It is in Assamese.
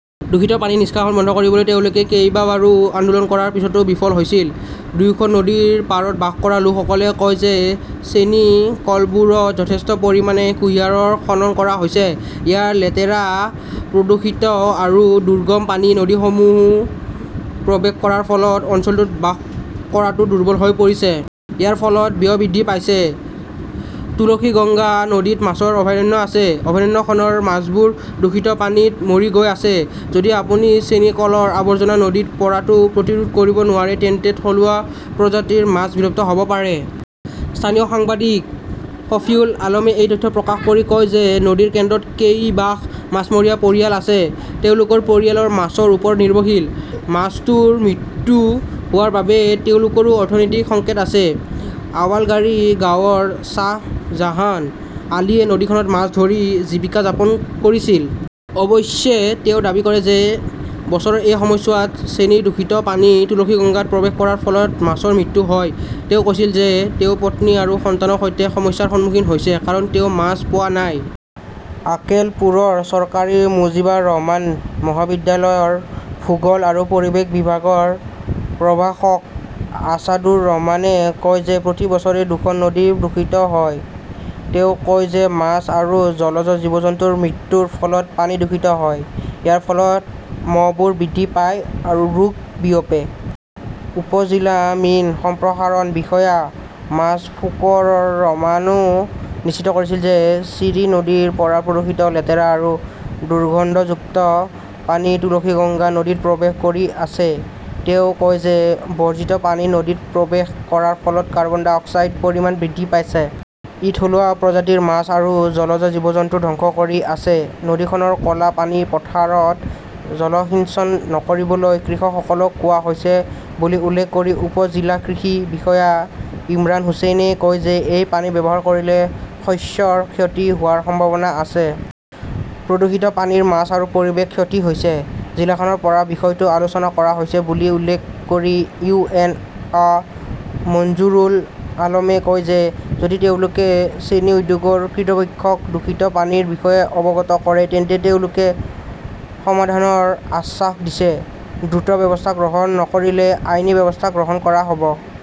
দূষিত পানী নিষ্কাশন বন্ধ কৰিবলৈ তেওঁলোকে কেইবাবাৰো আন্দোলন কৰাৰ পিছতো বিফল হৈছিল। দুয়োখন নদীৰ পাৰত বাস কৰা লোকসকলে কয় যে চেনি কলবোৰত যথেষ্ট পৰিমাণে কুঁহিয়াৰ খনন কৰা হৈছে। ইয়াৰ লেতেৰা, প্ৰদূষিত আৰু দুৰ্গম পানী নদীসমূহত প্ৰৱেশ কৰাৰ ফলত অঞ্চলটোত বাস কৰাটো দুৰ্বল হৈ পৰিছে। ইয়াৰ ফলত ব্যয় বৃদ্ধি পাইছে। তুলসীগঙ্গা নদীত মাছৰ অভয়াৰণ্য আছে। অভয়াৰণ্যখনৰ মাছবোৰ দূষিত পানীত মৰি গৈ আছে। যদি আপুনি চেনি কলৰ আৱৰ্জনা নদীত পৰাটো প্ৰতিৰোধ কৰিব নোৱাৰে তেন্তে থলুৱা প্ৰজাতিৰ মাছ বিলুপ্ত হ 'ব পাৰে। স্থানীয় সাংবাদিক শফিউল আলমে এই তথ্য প্ৰকাশ কৰি কয় যে নদীৰ কেন্দ্ৰত কেইবাশ মাছমৰীয়া পৰিয়াল আছে। তেওঁলোকৰ পৰিয়াল মাছৰ ওপৰত নিৰ্ভৰশীল। মাছটোৰ মৃত্যু হোৱাৰ বাবে তেওঁলোকৰো অৰ্থনৈতিক সংকট আছে। আৱালগাড়ী গাঁৱৰ শ্বাহজাহান আলীয়ে নদীখনত মাছ ধৰি জীৱিকা যাপন কৰিছিল। অৱশ্যে, তেওঁ দাবী কৰে যে বছৰৰ এই সময়ছোৱাত চেনিৰ দূষিত পানী তুলসীগঙ্গাত প্ৰৱেশ কৰাৰ ফলত মাছৰ মৃত্যু হয়। তেওঁ কৈছিল যে তেওঁ পত্নী আৰু সন্তানৰ সৈতে সমস্যাৰ সন্মুখীন হৈছে কাৰণ তেওঁ মাছ পোৱা নাই। আকেলপুৰৰ চৰকাৰী মুজিবাৰ ৰহমান মহাবিদ্যালয়ৰ ভূগোল আৰু পৰিৱেশ বিভাগৰ প্ৰভাষক আছাদুৰ ৰহমানে কয় যে প্ৰতি বছৰে দুখন নদী দূষিত হয়। তেওঁ কয় যে মাছ আৰু জলজ জীৱ-জন্তুৰ মৃত্যুৰ ফলত পানী দূষিত হয়। ইয়াৰ ফলত মহবোৰ বৃদ্ধি পায়, ৰোগ বিয়পে। উপ জিলা মীন সম্প্ৰসাৰণ বিষয়া মাছফুকুৰ ৰহমানেও নিশ্চিত কৰিছিল যে চিৰি নদীৰ পৰা প্ৰদূষিত, লেতেৰা আৰু দুৰ্গন্ধযুক্ত পানী তুলসীগঙ্গা নদীত প্ৰৱেশ কৰি আছে। তেওঁ কয় যে বৰ্জিত পানী নদীত প্ৰৱেশ কৰাৰ ফলত কাৰ্বন ডাই অক্সাইডৰ পৰিমাণ বৃদ্ধি পাইছে। ই থলুৱা প্ৰজাতিৰ মাছ আৰু জলজ জীৱ জন্তু ধ্বংস কৰি আছে। নদীখনৰ ক 'লা পানী পথাৰত জলসিঞ্চন নকৰিবলৈ কৃষকসকলক কোৱা হৈছে বুলি উল্লেখ কৰি উপ-জিলা কৃষি বিষয়া ইমৰান হুচেইনে কয় যে এই পানী ব্যৱহাৰ কৰিলে শস্যৰ ক্ষতি হোৱাৰ সম্ভাৱনা আছে। প্ৰদূষিত পানীত মাছ আৰু পৰিৱেশৰ ক্ষতি হৈছে। জিলাখনৰ পৰা বিষয়টো আলোচনা কৰা হৈছে বুলি উল্লেখ কৰি ইউ এন অ মঞ্জুৰুল আলমে কয় যে যদি তেওঁলোকে চেনি উদ্যোগৰ কৰ্তৃপক্ষক দূষিত পানীৰ বিষয়ে অৱগত কৰে তেন্তে তেওঁলোকে সমাধানৰ আশ্বাস দিছে। দ্ৰুত ব্যৱস্থা গ্ৰহণ নকৰিলে আইনী ব্যৱস্থা গ্ৰহণ কৰা হ’ব।